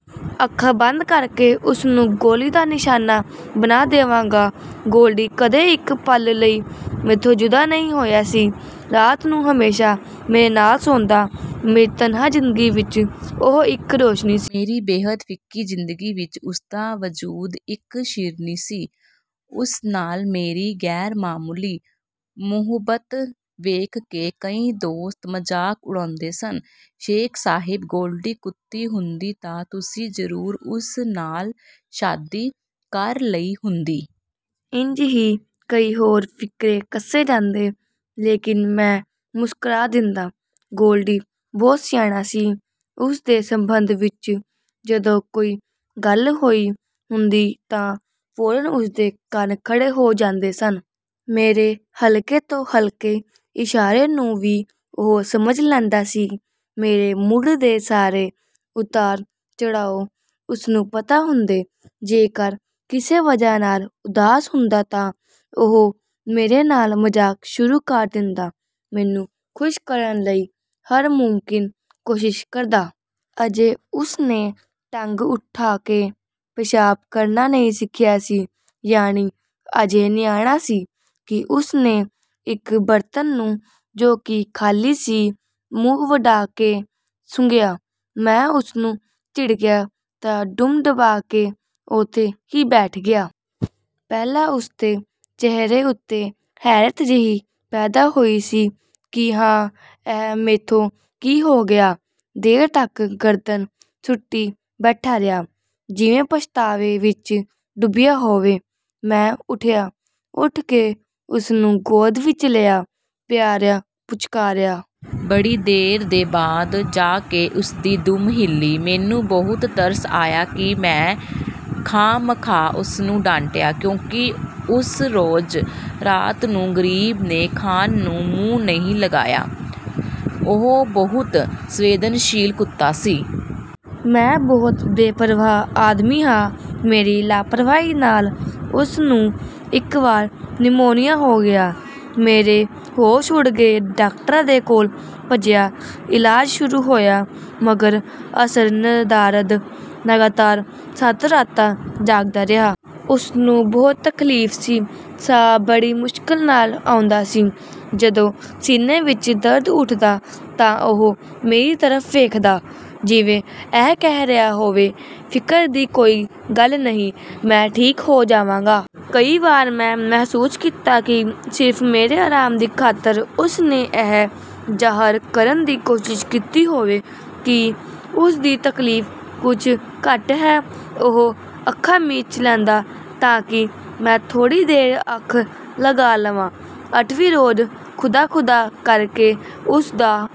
ਅੱਖਾਂ ਬੰਦ ਕਰਕੇ ਉਸਨੂੰ ਗੋਲੀ ਦਾ ਨਿਸ਼ਾਨਾ ਬਣਾ ਦੇਵਾਂਗਾ। ਗੋਲਡੀ ਕਦੇ ਇੱਕ ਪਲ ਲਈ ਮੈਥੋਂ ਜੁਦਾ ਨਹੀਂ ਹੋਇਆ ਸੀ। ਰਾਤ ਨੂੰ ਹਮੇਸ਼ਾ ਮੇਰੇ ਨਾਲ ਸੌਂਦਾ। ਮੇਰੀ ਤਨਹਾ ਜ਼ਿੰਦਗੀ ਵਿੱਚ ਉਹ ਇੱਕ ਰੋਸ਼ਨੀ ਸੀ। ਮੇਰੀ ਬੇਹੱਦ ਫਿੱਕੀ ਜ਼ਿੰਦਗੀ ਵਿੱਚ ਉਸਦਾ ਵਜੂਦ ਇੱਕ ਸ਼ੀਰਨੀ ਸੀ। ਉਸ ਨਾਲ ਮੇਰੀ ਗ਼ੈਰਮਾਮੂਲੀ ਮੁਹੱਬਤ ਵੇਖ ਕੇ ਕਈ ਦੋਸਤ ਮਜ਼ਾਕ ਉੜਾਂਦੇ ਸਨ। ਸ਼ੇਖ ਸਾਹਿਬ ਗੋਲਡੀ ਕੁੱਤੀ ਹੁੰਦੀ ਤਾਂ ਤੁਸੀਂ ਜ਼ਰੂਰ ਉਸ ਨਾਲ ਸ਼ਾਦੀ ਕਰ ਲਈ ਹੁੰਦੀ। ਇੰਜ ਹੀ ਕਈ ਹੋਰ ਫ਼ਿਕਰੇ ਕਸੇ ਜਾਂਦੇ, ਲੇਕਿਨ ਮੈਂ ਮੁਸਕਰਾ ਦਿੰਦਾ। ਗੋਲਡੀ ਬਹੁਤ ਸਿਆਣਾ ਸੀ। ਉਸ ਦੇ ਸੰਬੰਧ ਵਿੱਚ ਜਦੋਂ ਕੋਈ ਗੱਲ ਹੋਈ ਹੁੰਦੀ ਤਾਂ ਫ਼ੌਰਨ ਉਸ ਦੇ ਕੰਨ ਖੜੇ ਹੋ ਜਾਂਦੇ ਸਨ। ਮੇਰੇ ਹਲਕੇ ਤੋਂ ਹਲਕੇ ਇਸ਼ਾਰੇ ਨੂੰ ਵੀ ਉਹ ਸਮਝ ਲੈਂਦਾ ਸੀ। ਮੇਰੇ ਮੂਡ ਦੇ ਸਾਰੇ ਉਤਾਰ ਚੜ੍ਹਾਓ ਉਸਨੂੰ ਪਤਾ ਹੁੰਦੇ। ਜੇਕਰ ਕਿਸੇ ਵਜ੍ਹਾ ਨਾਲ ਉਦਾਸ ਹੁੰਦਾ ਤਾਂ ਉਹ ਮੇਰੇ ਨਾਲ ਮਜ਼ਾਕ ਸ਼ੁਰੂ ਕਰ ਦਿੰਦਾ, ਮੈਨੂੰ ਖ਼ੁਸ਼ ਕਰਨ ਲਈ ਹਰ ਮੁਮਕਿਨ ਕੋਸ਼ਿਸ਼ ਕਰਦਾ। ਅਜੇ ਉਸ ਨੇ ਟੰਗ ਉਠਾ ਕੇ ਪੇਸ਼ਾਬ ਕਰਨਾ ਨਹੀਂ ਸਿੱਖਿਆ ਸੀ, ਯਾਨੀ ਅਜੇ ਨਿਆਣਾ ਸੀ ਕਿ ਉਸ ਨੇ ਇੱਕ ਬਰਤਨ ਨੂੰ, ਜੋ ਕਿ ਖ਼ਾਲੀ ਸੀ, ਮੂੰਹ ਵਧਾ ਕੇ ਸੁੰਘਿਆ। ਮੈਂ ਉਸਨੂੰ ਝਿੜਕਿਆ ਤਾਂ ਦੁਮ ਦਬਾ ਕੇ ਉਥੇ ਹੀ ਬੈਠ ਗਿਆ। ਪਹਿਲਾਂ ਉਸ ਦੇ ਚਿਹਰੇ ਉੱਤੇ ਹੈਰਤ ਜਿਹੀ ਪੈਦਾ ਹੋਈ ਸੀ ਕਿ ਹਾਂ, ਇਹ ਮੈਥੋਂ ਕੀ ਹੋ ਗਿਆ। ਦੇਰ ਤੱਕ ਗਰਦਨ ਸੁੱਟੀ ਬੈਠਾ ਰਿਹਾ, ਜਿਵੇਂ ਪਛਤਾਵੇ ਵਿੱਚ ਡੁੱਬਿਆ ਹੋਵੇ। ਮੈਂ ਉੱਠਿਆ। ਉਠ ਕੇ ਉਸਨੂੰ ਗੋਦ ਵਿੱਚ ਲਿਆ, ਪਿਆਰਿਆ ਪੁਚਕਾਰਿਆ। ਬੜੀ ਦੇਰ ਦੇ ਬਾਅਦ ਜਾ ਕੇ ਉਸਦੀ ਦੁਮ ਹਿਲੀ। ਮੈਨੂੰ ਬਹੁਤ ਤਰਸ ਆਇਆ ਕਿ ਮੈਂ ਖ਼ਾਹ ਮਖ਼ਾਹ ਉਸਨੂੰ ਡਾਂਟਿਆ ਕਿਉਂਕਿ ਉਸ ਰੋਜ਼ ਰਾਤ ਨੂੰ ਗਰੀਬ ਨੇ ਖਾਣ ਨੂੰ ਮੂੰਹ ਨਹੀਂ ਲਗਾਇਆ। ਉਹ ਬਹੁਤ ਸੰਵੇਦਨਸ਼ੀਲ ਕੁੱਤਾ ਸੀ। ਮੈਂ ਬਹੁਤ ਬੇਪਰਵਾਹ ਆਦਮੀ ਹਾਂ। ਮੇਰੀ ਲਾਪਰਵਾਹੀ ਨਾਲ ਉਸ ਨੂੰ ਇੱਕ ਵਾਰ ਨਿਮੋਨੀਆ ਹੋ ਗਿਆ। ਮੇਰੇ ਹੋਸ਼ ਉੱਡ ਗਏ। ਡਾਕਟਰਾਂ ਦੇ ਕੋਲ ਭੱਜਿਆ। ਇਲਾਜ ਸ਼ੁਰੂ ਹੋਇਆ। ਮਗਰ ਅਸਰ ਨਦਾਰਦ। ਲਗਾਤਾਰ ਸੱਤ ਰਾਤਾਂ ਜਾਗਦਾ ਰਿਹਾ। ਉਸਨੂੰ ਬਹੁਤ ਤਕਲੀਫ਼ ਸੀ। ਸਾਹ ਬੜੀ ਮੁਸ਼ਕਲ ਨਾਲ ਆਉਂਦਾ ਸੀ। ਜਦੋਂ ਸੀਨੇ ਵਿੱਚ ਦਰਦ ਉੱਠਦਾ ਤਾਂ ਉਹ ਮੇਰੀ ਤਰਫ਼ ਵੇਖਦਾ, ਜਿਵੇਂ ਇਹ ਕਹਿ ਰਿਹਾ ਹੋਵੇ, ਫ਼ਿਕਰ ਦੀ ਕੋਈ ਗੱਲ ਨਹੀਂ, ਮੈਂ ਠੀਕ ਹੋ ਜਾਵਾਂਗਾ। ਕਈ ਵਾਰ ਮੈਂ ਮਹਿਸੂਸ ਕੀਤਾ ਕਿ ਸਿਰਫ ਮੇਰੇ ਆਰਾਮ ਦੀ ਖ਼ਾਤਰ ਉਸ ਨੇ ਇਹ ਜ਼ਾਹਰ ਕਰਨ ਦੀ ਕੋਸ਼ਿਸ਼ ਕੀਤੀ ਹੋਵੇ ਕਿ ਉਸਦੀ ਤਕਲੀਫ ਕੁੱਝ ਘੱਟ ਹੈ। ਉਹ ਅੱਖਾਂ ਮੀਚ ਲੈਂਦਾ, ਤਾਂਕਿ ਮੈਂ ਥੋੜ੍ਹੀ ਦੇਰ ਅੱਖ ਲਗਾ ਲਵਾਂ। ਅਠਵੀਂ ਰੋਜ਼ ਖ਼ੁਦਾ ਖ਼ੁਦਾ ਕਰਕੇ ਉਸ ਦਾ